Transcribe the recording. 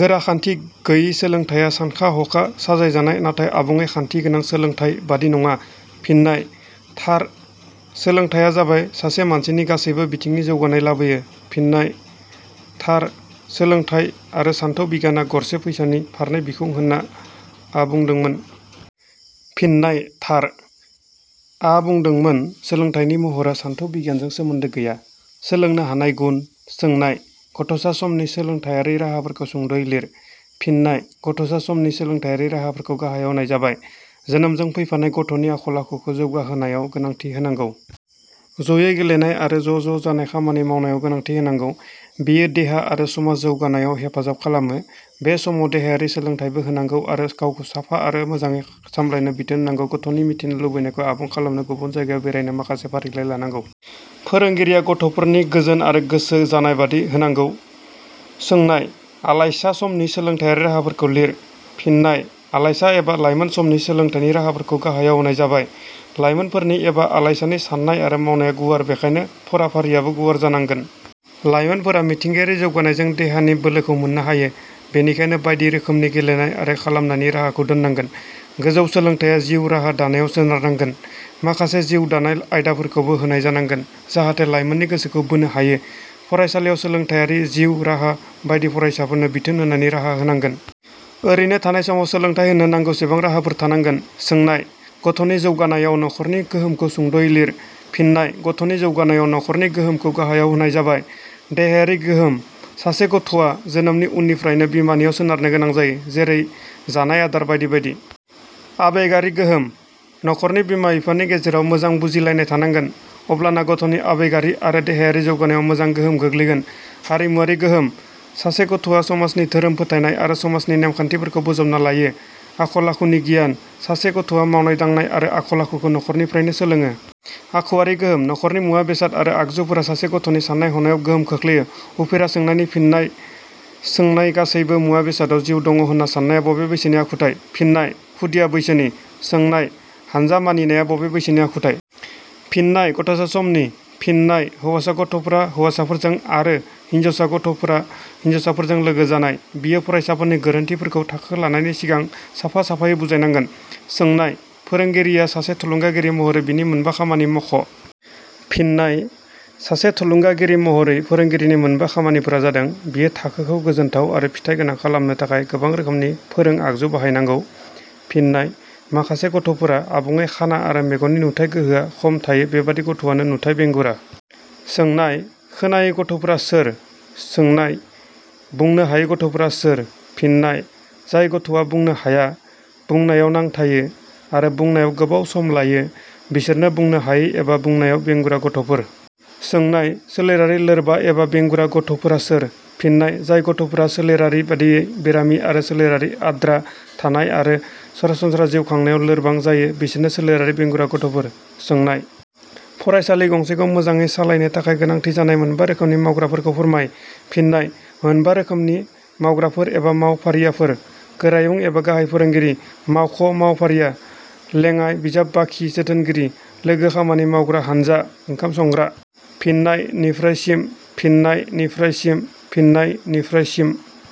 गोरा खान्थि गैयि सोलोंथाइया सानखा-हखा साजायजानाय नाथाय आबुङै खान्थि गोनां सोलोंथाइ बादि नङा। फिननाय: थार।. सोलोंथाइया जाबाय सासे मानसिनि गासैबो बिथिंनि जौगानाय लाबोयो। फिननाय: थार।. सोलोंथाइ आरो सानथौ बिगियाना गरसे फैसानिनो फारनै बिखुं होन्ना आ बुंदोंमोन। फिननाय: थार।. आ बुंदोंमोन सोलोंथाइनि महरा सान्थौ बिगियानजों सोमोन्दो गैया। सोंलोंनो हानाय गुन। सोंनाय-.गथ'सा समनि सोलोंथाइयारि राहाफोरखौ सुंद'यै लिर। फिननाय:गथ'सा समनि सोलोंथाइयारि राहाफोरखौ गाहायाव होनाय जाबाय- जोनोमजों फैफानाय गथ'नि आखल-आखुखौ जौगाहोनायाव गोनांथि होनांगौ। ज'यै गेलेनाय आरो ज'ज'जानाय खामानि मावनायाव गोनांथि होनांगौ। बेयो देहा आरो समाज जौगानायाव हेफाजाब खालामो। बे समाव देहायारि सोलोंथाइबो होनांगौ आरो गावखौ साफा आरो मोजाङै सामलायनो बिथोन होनांगौ। गथ'नि मिथिनो लुबैनायखौ आबुं खालामनो गुबुन जायगायाव बेरायनो माखासे फारिलाइ लानांगौ। फोरोंगिरिया गथ'फोरनि गोजोन आरो गोसो जानाय बादि होनांगौ। सोंनाय-.आलाइसा समनि सोलोंथाइयारि राहाफोरखौ लिर। फिननाय:आलाइसा एबा लाइमोन समनि सोलोंथाइनि राहाफोरखौ गाहायाव होनाय जाबाय- लाइमोनफोरनि एबा आलाइसानि साननाय आरो मावनाया गुवार बेखायनो फराफारियाबो गुवार जानांगोन। लाइमोनफोरा मिथिंगायारि जौगानायजों देहानि बोलोखौ मोननो हायो। बेनिखायनो बायदि रोखोमनि गेलेनाय आरो खालामनायनि राहाखौ दोननांगोन। गोजौ सोलोंथाइया जिउ राहा दानायाव सोनारनांगोन। माखासे जिउ दानाय आयदाफोरखौबो होनाय जानांगोन जाहाथे लाइमोननि गोसोखौ बोनो हायो। फरायसालियाव सोलोंथाइयारि, जिउ राहा बायदि फरायसाफोरनो बिथोन होनायनि राहा होनांगोन। ओरैनो थानाय समाव सोलोंथाइ होनो नांगौसेबां राहाफोर थानांगोन। सोंनाय-.गथ'नि जौगानायाव न'खरनि गोहोमखौ सुंद'यै लिर। फिननाय:गथ'नि जौगानायाव न'खरनि गोहोमखौ गाहायाव होनाय जाबाय- देहायारि गोहोम: सासे गथ'आ जोनोमनि उननिफ्रायनो बिमानियाव सोनारनो गोनां जायो। जेरै-जानाय आदार बायदि बायदि। आबेगारि गोहोम: न'खरनि बिमा-बिफानि गेजेराव मोजां बुजिलायनाय थानांगोन अब्लाना गथ'नि आबेगारि आरो देहायारि जौगानायाव मोजां गोहोम गोग्लैगोन। हारिमुवारि गोहोम: सासे गथ'आ समाजनि धोरोम फोथायनाय आरो समाजनि नेम खान्थिफोरखौ बजबना लायो। आखल-आखुनि गियान: सासे गथ'आ मावनाय दांनाय आरो आखल-आखुखौ न'खरनिफ्रायनो सोलोंङो। आखुवारि गोहोम: न'खरनि मुवा बेसाद आरो आगजुफोरा सासे गथ'नि साननाय हनायाव गोहोम खोख्लैयो। उफेरा सोंनायनि फिननाय सोंनाय-. गासैबो मुवा-बेसदाव जिउ दङ' होन्ना सान्नाया बबे बैसोनि आखुथाइ? फिननाय: खुदिया बैसोनि। सोंनाय-. हानजा मानिनाया बबे बैसोनि आखुथाइ? फिननाय: गथ'सा समनि। फिननाय: हैवासा गथ'फोरा हौवासाफोरजों आरो हिनजावसा गथ 'फोर हिनजावसाफोरजों लोगो जानाय। बियो फ़रायसाफोरनि गोरोन्थिफोरखौ थाखो लानायनि सिगां साफा साफायै बुजायनांगोन। सोंनाय-. फोरोंगिरिया सासे थुलुंगागिरि महरै बिनि मोनबा खामानि मख'। फिन्नाय: सासे थुलुंगागिरि महरै फोरोंगिरिनि मोनबा खामानिफोरा जादों –। बियो थाखोखौ गोजोनथाव आरो फिथाइ गोनां खालामनो थाखाय गोबां रोखोमनि फोरों-आगजु बाहायनांगौ। फिन्नाय: माखासे गथ'फोरा आबुङै खाना आरो मेगननि नुथाइ गोहोआ खम थायो बेबादि गथ'आनो नुथाइ बेंगुरा। सोंनाय –. खोनायै गथ 'फोरा सोर? सोंनाय –. बुंनो हायै गथ फोरा सोर? फिन्नाय: जाय गथ'आ बुंनो हाया, बुंनायाव नांथायो आरो बुंनायाव गोबाव सम लायो बिसोरनो बुंनो हायै एबा बुंनायाव बेंगुरा गथ 'फोर। सोंनाय –. सोलेरारि लोरबा एबा बेंगुरा गथ 'फोरा सोर? फिन्नाय: जाय गथ 'फोरा सोलेरारिबादियै बेरामि आरो सोलेरारि आद्रा थानाय आरो सरासनस्रा जिउ खांनायाव लोरबां जायो बिसोरनो सोलेरारि बेंगुरा गथ 'फोर। सोंनाय –. फरायसालि गंसेखौ मोजाङै सालायनो थाखाय गोनांथि जानाय मोनबा रोखोमनि मावग्राफोरखौ फोरमाय। फिन्नाय: मोनबा रोखोमनि मावग्राफोर एबा मावफारियाफोर- गोरायुं एबा गाहाय फोरोंगिरि। मावख' मावफारिया। लेडाइ बिजाब बाखि जोथोनगिरि। लोगो खामानि मावग्रा हानजा। ओंखाम संग्रा। फिन्नाय: निफ्राय सिम। फिन्नाय: निफ्राय सिम। फिन्नाय: निफ्राय सिम।